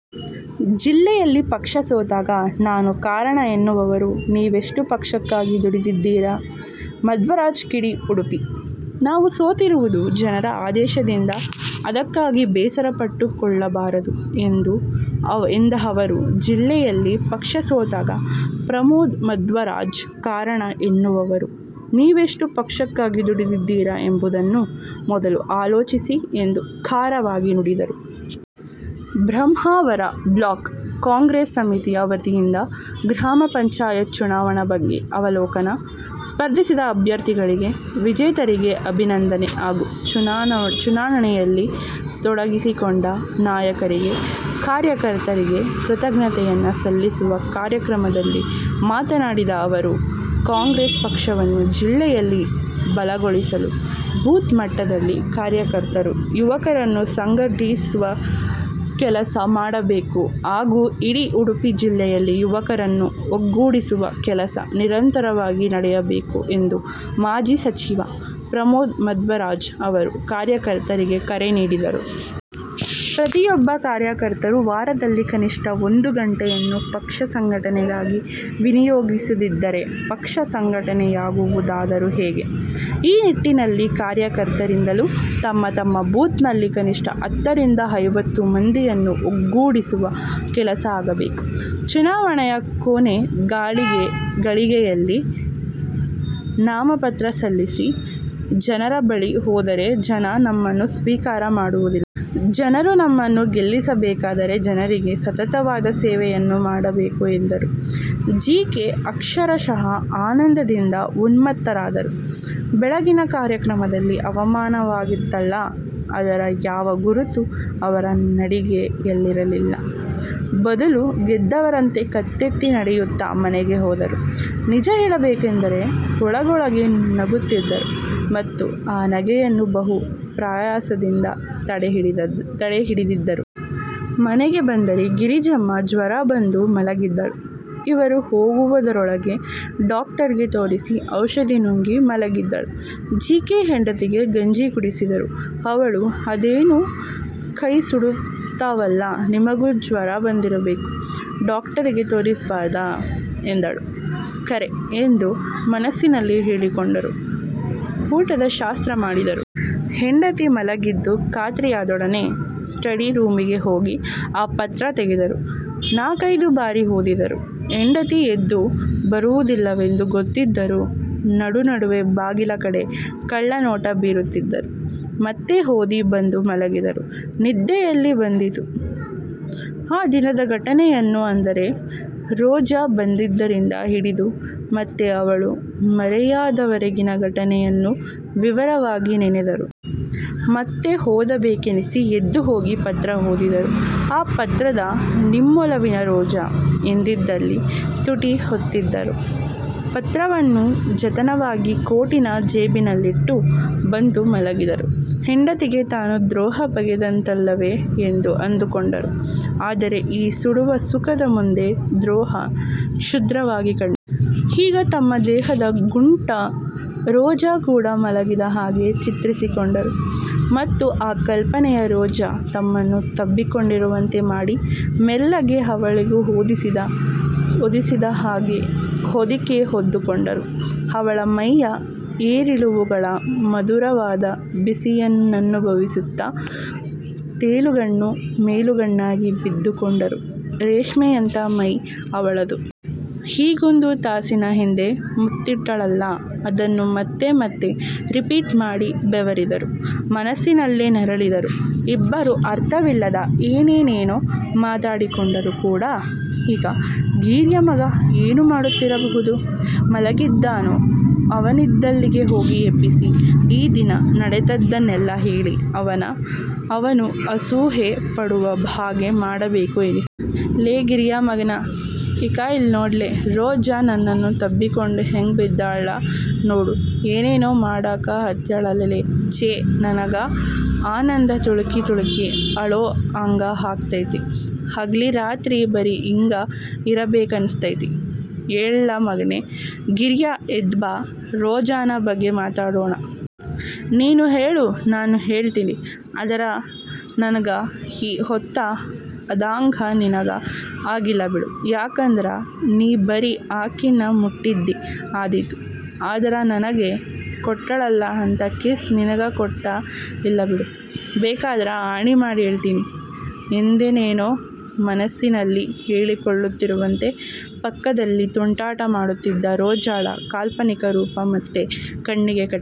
ಜಿಲ್ಲೆಯಲ್ಲಿ ಪಕ್ಷ ಸೋತಾಗ ನಾನು ಕಾರಣ ಎನ್ನುವವರು ನೀವೆಷ್ಟು ಪಕ್ಷಕ್ಕಾಗಿ ದುಡಿದಿದ್ದೀರಾ? ಮಧ್ವರಾಜ್ ಕಿಡಿ ಉಡುಪಿ: ನಾವು ಸೋತಿರುವುದು ಜನರ ಆದೇಶದಿಂದ ಅದಕ್ಕಾಗಿ ಬೇಸರ ಪಟ್ಟುಕೊಳ್ಳುಬಾರದು ಎಂದ ಅವರು, ಜಿಲ್ಲೆಯಲ್ಲಿ ಪಕ್ಷ ಸೋತಾಗ ಪ್ರಮೋದ್ ಮಧ್ವರಾಜ್ ಕಾರಣ ಎನ್ನುವವರು ನೀವೆಷ್ಟು ಪಕ್ಷಕ್ಕಾಗಿ ದುಡಿದಿದ್ದೀರಾ ಎಂಬುದನ್ನು ಮೊದಲು ಆಲೋಚಿಸಿ ಎಂದು ಖಾರವಾಗಿ ನುಡಿದರು. ಬ್ರಹ್ಮಾವರ ಬ್ಲಾಕ್ ಕಾಂಗ್ರೆಸ್ ಸಮಿತಿಯ ವತಿಯಿಂದ ಗ್ರಾಮ ಪಂಚಾಯತ್ ಚುನಾವಣಾ ಬಗ್ಗೆ ಅವಲೋಕನ, ಸ್ಪರ್ಧಿಸಿದ ಅಭ್ಯರ್ಥಿಗಳಿಗೆ, ವಿಜೇತರಿಗೆ ಅಭಿನಂದನೆ ಹಾಗೂ ಚುನಾನಣೆಯಲ್ಲಿ ತೊಡಗಿಸಿಕೊಂಡ ನಾಯಕರಿಗೆ, ಕಾರ್ಯಕರ್ತರಿಗೆ ಕೃತಜ್ಞತೆಯನ್ನ ಸಲ್ಲಿಸುವ ಕಾರ್ಯಕ್ರಮದಲ್ಲಿ ಮಾತನಾಡಿದ ಅವರು, ಕಾಂಗ್ರೆಸ್ ಪಕ್ಷವನ್ನು ಜಿಲ್ಲೆಯಲ್ಲಿ ಬಲಗೊಳಿಸಲು ಬೂತ್ ಮಟ್ಟದಲ್ಲಿ ಕಾರ್ಯಕರ್ತರು ಯುವಕರನ್ನು ಸಂಘ ಟಿಸುವ ಕೆಲಸ ಮಾಡಬೇಕು ಹಾಗೂ ಇಡೀ ಉಡುಪಿ ಜಿಲ್ಲೆಯಲ್ಲಿ ಯುವಕರನ್ನು ಒಗ್ಗೂಡಿಸುವ ಕೆಲಸ ನಿರಂತರ ವಾಗಿ ನಡೆಯಬೇಕು ಎಂದು ಮಾಜಿ ಸಚಿವ ಪ್ರಮೋದ್ ಮಧ್ವರಾಜ್ ಅವರು ಕಾರ್ಯಕರ್ತರಿಗೆ ಕರೆ ನೀಡಿದರು. ಪ್ರತಿಯೊಬ್ಬ ಕಾರ್ಯಕರ್ತರು ವಾರದಲ್ಲಿ ಕನಿಷ್ಟ ಒಂದು ಗಂಟೆಯನ್ನು ಪಕ್ಷ ಸಂಘಟನೆಗಾಗಿ ವಿನಿಯೋಗಿಸದಿದ್ದರೆ ಪಕ್ಷ ಸಂಘಟನೆಯಾಗುವುದಾದರೂ ಹೇಗೆ. ಈ ನಿಟ್ಟಿನಲ್ಲಿ ಕಾರ್ಯಕರ್ತರಿಂದಲೂ ತಮ್ಮ ತಮ್ಮ ಬೂತ್ ನಲ್ಲಿ ಕನಿಷ್ಟ ಹತ್ತರಿಂದ ಐವತ್ತು ಮಂದಿಯನ್ನು ಒಗ್ಗೂಡಿಸುವ ಕೆಲಸ ಆಗಬೇಕು. ಚುನಾವಣೆಯ ಕೊನೇ ಗಳಿಗೆಯಲ್ಲಿ ನಾಮ ಪತ್ರ ಸಲ್ಲಿಸಿ ಜನರ ಬಳಿ ಹೋದರೆ ಜನ ನಮ್ಮನ್ನು ಸ್ವೀಕಾರ ಮಾಡುವುದಿಲ್ಲ. ಜನರು ನಮ್ಮನ್ನು ಗೆಲ್ಲಿಸಬೇಕಾದರೆ ಜನರಿಗೆ ಸತತವಾದ ಸೇವೆಯನ್ನು ಮಾಡಬೇಕು ಎಂದರು. ಜೀಕೆ ಅಕ್ಷರಶಃ ಆನಂದಿಂದ ಉನ್ಮತ್ತರಾದರು. ಬೆಳಗಿನ ಕಾರ್ಯಕ್ರಮದಲ್ಲಿ ಅವಮಾನವಾಗಿತ್ತಲ್ಲ ಅದರ ಯಾವ ಗುರುತೂ ಅವರ ನಡಿಗೆಯಲ್ಲಿರಲಿಲ್ಲ. ಬದುಲು ಗೆದ್ದವರಂತೆ ಕತ್ತೆತ್ತಿ ನಡೆಯುತ್ತ ಮನೆಗೆ ಹೋದರು. ನಿಜ ಹೇಳಬೇಕೆಂದರೆ ಒಳಗೊಳಗೇ ನಗುತ್ತಿದ್ದರು. ಮತ್ತು ಆ ನಗೆಯನ್ನು ಬಹು ಪ್ರಯಾಸದಿಂದ ತಡೆ ಹಿಡಿದಿದ್ದರು. ಮನೆಗೆ ಬಂದರೆ ಗಿರಿಜಮ್ಮ ಜ್ವರ ಬಂದು ಮಲಗಿದ್ದಳು. ಇವರು ಹೋಗುವುದರೊಳಗೆ ಡಾಕ್ಟರ್ಗೆ ತೋರಿಸಿ ಔಷಧಿ ನುಂಗಿ ಮಲಗಿದ್ದಳು. ಜೀಕೆ ಹೆಂಡತಿಗೆ ಗಂಜಿ ಕುಡಿಸಿದರು. ಅವಳು 'ಅದೇನು ಕೈಸುಡುತ್ತಾವಲ್ಲ, ನಿಮಗೂ ಜ್ವರ ಬಂದಿರಬೇಕು. ಡಾಕ್ಟರಿಗೆ ತೋರಿಸಬಾರದ? ' ಎಂದಳು. 'ಖರೆ' ಎಂದು ಮನಸ್ಸಿನಲ್ಲೆ ಹೇಳಿಕೊಂಡರು. ಊಟದ ಶಾಸ್ತ್ರ ಮಾಡಿದರು. ಹೆಂಡತಿ ಮಲಗಿದ್ದು ಖಾತ್ರಿಯಾದೊಡನೆ ಸ್ಟಡಿ ರೂಮಿಗೆ ಹೋಗಿ ಆ ಪತ್ರ ತೆಗೆದರು. ನಾಕೈದು ಬಾರಿ ಓದಿದರು. ಹೆಂಡತಿ ಎದ್ದು ಬರುವುದಿಲ್ಲವೆಂದು ಗೊತ್ತಿದ್ದರೂ ನಡುನಡುವೆ ಬಾಗಿಲ ಕಡೆ ಕಳ್ಳ ನೋಟ ಬೀರುತ್ತಿದ್ದರು. ಮತ್ತೆ ಓದಿ ಬಂದು ಮಲಗಿದರು. ನಿದ್ದೆಯಲ್ಲಿ ಬಂದೀತು? ಆ ದಿನದ ಘಟನೆಯನ್ನು ಅಂದರೆ ರೋಜಾ ಬಂದಿದ್ದರಿಂದ ಹಿಡಿದು ಮತ್ತೆ ಅವಳು ಮರೆಯಾದವರೆಗಿನ ಘಟನೆಯನ್ನು ವಿವರವಾಗಿ ನೆನೆದರು. ಮತ್ತೆ ಓದಬೇಕೆನಿಸಿ ಎದ್ದು ಹೋಗಿ ಪತ್ರ ಓದಿದರು. ಆ ಪತ್ರದ 'ನಿಮ್ಮೊಲವಿನ ರೋಜಾ' ಎಂದಿದ್ದಲ್ಲಿ ತುಟಿ ಒತ್ತಿದರು. ಪತ್ರವನ್ನು ಜತನವಾಗಿ ಕೋಟಿನ ಜೇಬಿನಲ್ಲಿಟ್ಟು ಬಂದು ಮಲಗಿದರು. ಹೆಂಡತಿಗೆ ತಾನು ದ್ರೋಹ ಬಗೆದಂತಲ್ಲವೇ ಎಂದು ಅಂದುಕೊಂಡರು. ಆದರೆ ಈ ಸುಡುವ ಸುಖದ ಮುಂದೆ ದ್ರೋಹ ಕ್ಷುದ್ರವಾಗಿ ಕಂಡಿತು. ಈಗ ತಮ್ಮ ದೇಹದ ಗುಂಟ ರೋಜಾ ಕೂಡ ಮಲಗಿದ ಹಾಗೆ ಚಿತ್ರಿಸಿಕೊಂಡರು. ಮತ್ತು ಆ ಕಲ್ಪನೆಯ ರೋಜಾ ತಮ್ಮನ್ನು ತಬ್ಬಿಕೊಂಡಿರುವಂತೆ ಮಾಡಿ ಮೆಲ್ಲಗೆ ಅವಳಿಗೂ ಹೊದಿಸಿದ ಹಾಗೆ ಹೊದಿಕೆ ಹೊದ್ದುಕೊಂಡರು. ಅವಳ ಮೈಯ ಏರಿಳಿವುಗಳ ಮಧುರವಾದ ಬಿಸಿಯನ್ನನುಭವಿಸುತ್ತ ತೇಲುಗಣ್ಣು ಮೇಲುಗಣ್ಣಾಗಿ ಬಿದ್ದುಕೊಂಡರು. ರೇಷ್ಮೆಯಂಥ ಮೈ ಅವಳದು. ಈಗೊಂದು ತಾಸಿನ ಹಿಂದೆ ಮುತ್ತಿಟ್ಟಳಲ್ಲ ಅದನ್ನು ಮತ್ತೆ ಮತ್ತೆ ರಿಪೀಟ್ ಮಾಡಿ ಬೆವರಿದರು. ಮನಸ್ಸಿನಲ್ಲೇ ನರಳಿದರು. ಇಬ್ಬರೂ ಅರ್ಥವಿಲ್ಲದ ಏನೇನೋ ಮಾತಾಡಿಕೊಂಡರು ಕೂಡ. ಈಗ ಗಿರ್ಯಾ ಮಗ ಏನು ಮಾಡುತ್ತಿರಬಹುದು? ಮಲಗಿದ್ದಾನೋ ಅವನಿದ್ದಲ್ಲಿಗೆ ಹೋಗಿ ಎಬ್ಬಿಸಿ, ಈ ದಿನ ನಡೆದದ್ದನ್ನೆಲ್ಲ ಹೇಳಿ ಅವನು ಅಸೂಯೆಪಡುವ ಹಾಗೆ ಮಾಡಬೇಕು ಎನ್ನಿಸಿತು. 'ಲೇ ಗಿರ್ಯಾ ಮಗನ, ಇಕಾ ಇಲ್ಲಿ ನೋಡಲೆ; ರೋಜಾ ನನ್ನನ್ನು ತಬ್ಬಿಕೊಂಡು ಹೆಂಗ ಬಿದ್ದಾಳ ನೋಡು. ಏನೇನೋ ಮಾಡಕ ಹತ್ಯಾಳಲೇ! ಛೇ, ನನಗ ಆನಂದ ತುಳುಕಿ ತುಳುಕಿ ಅಳೋ ಹಾಂಗ ಆಗತೈತಿ, ಹಗಲಿ ರಾತ್ರಿ ಬರಿ ಹಿಂಗ ಇರಬೇಕನಸತೈತಿ. ಏಳಲೇಮಗನ ಗಿರ್ಯಾ, ಎದ್ದ ಬಾ, ರೋಜಾನ ಬಗ್ಗೆ ಮಾತಾಡೋಣ. ನೀನೂ ಹೇಳು ನಾನೂ ಹೇಳತೀನಿ. ಆದರ ನನಗ ಈ ಹೊತ್ತ ಅಧಾಂಗ ನಿನಗ ಆಗಿಲ್ಲಬಿಡು. ಯಾಕಂದರ ನೀ ಬರೀ ಆಕೀನ್ನ ಮುಟ್ಟಿದ್ದೀ ಆದೀತು, ಆದರ ನನಗೆ ಕೊಟ್ಟಳಲ್ಲ ಅಂಥ ಕಿಸ್ ನಿನಗ ಕೊಟ್ಟ ಇಲ್ಲ ಬಿಡು. ಬೇಕಾದರ ಆಣೀ ಮಾಡಿ ಹೇಳತೀನಿ. ' ಎಂದೇನೇನೋ ಮನಸ್ಸಿನಲ್ಲಿ ಹೇಳಿಕೊಳ್ಳುತ್ತಿರುವಂತೆ ಪಕ್ಕದಲ್ಲಿ ತುಂಟಾಟ ಮಾಡುತ್ತಿದ್ದ ರೋಜಾಳ ಕಾಲ್ಪನಿಕ ರೂಪ ಮತ್ತೆ ಕಣ್ಣಿಗೆ ಕಟ್ಟಿತು.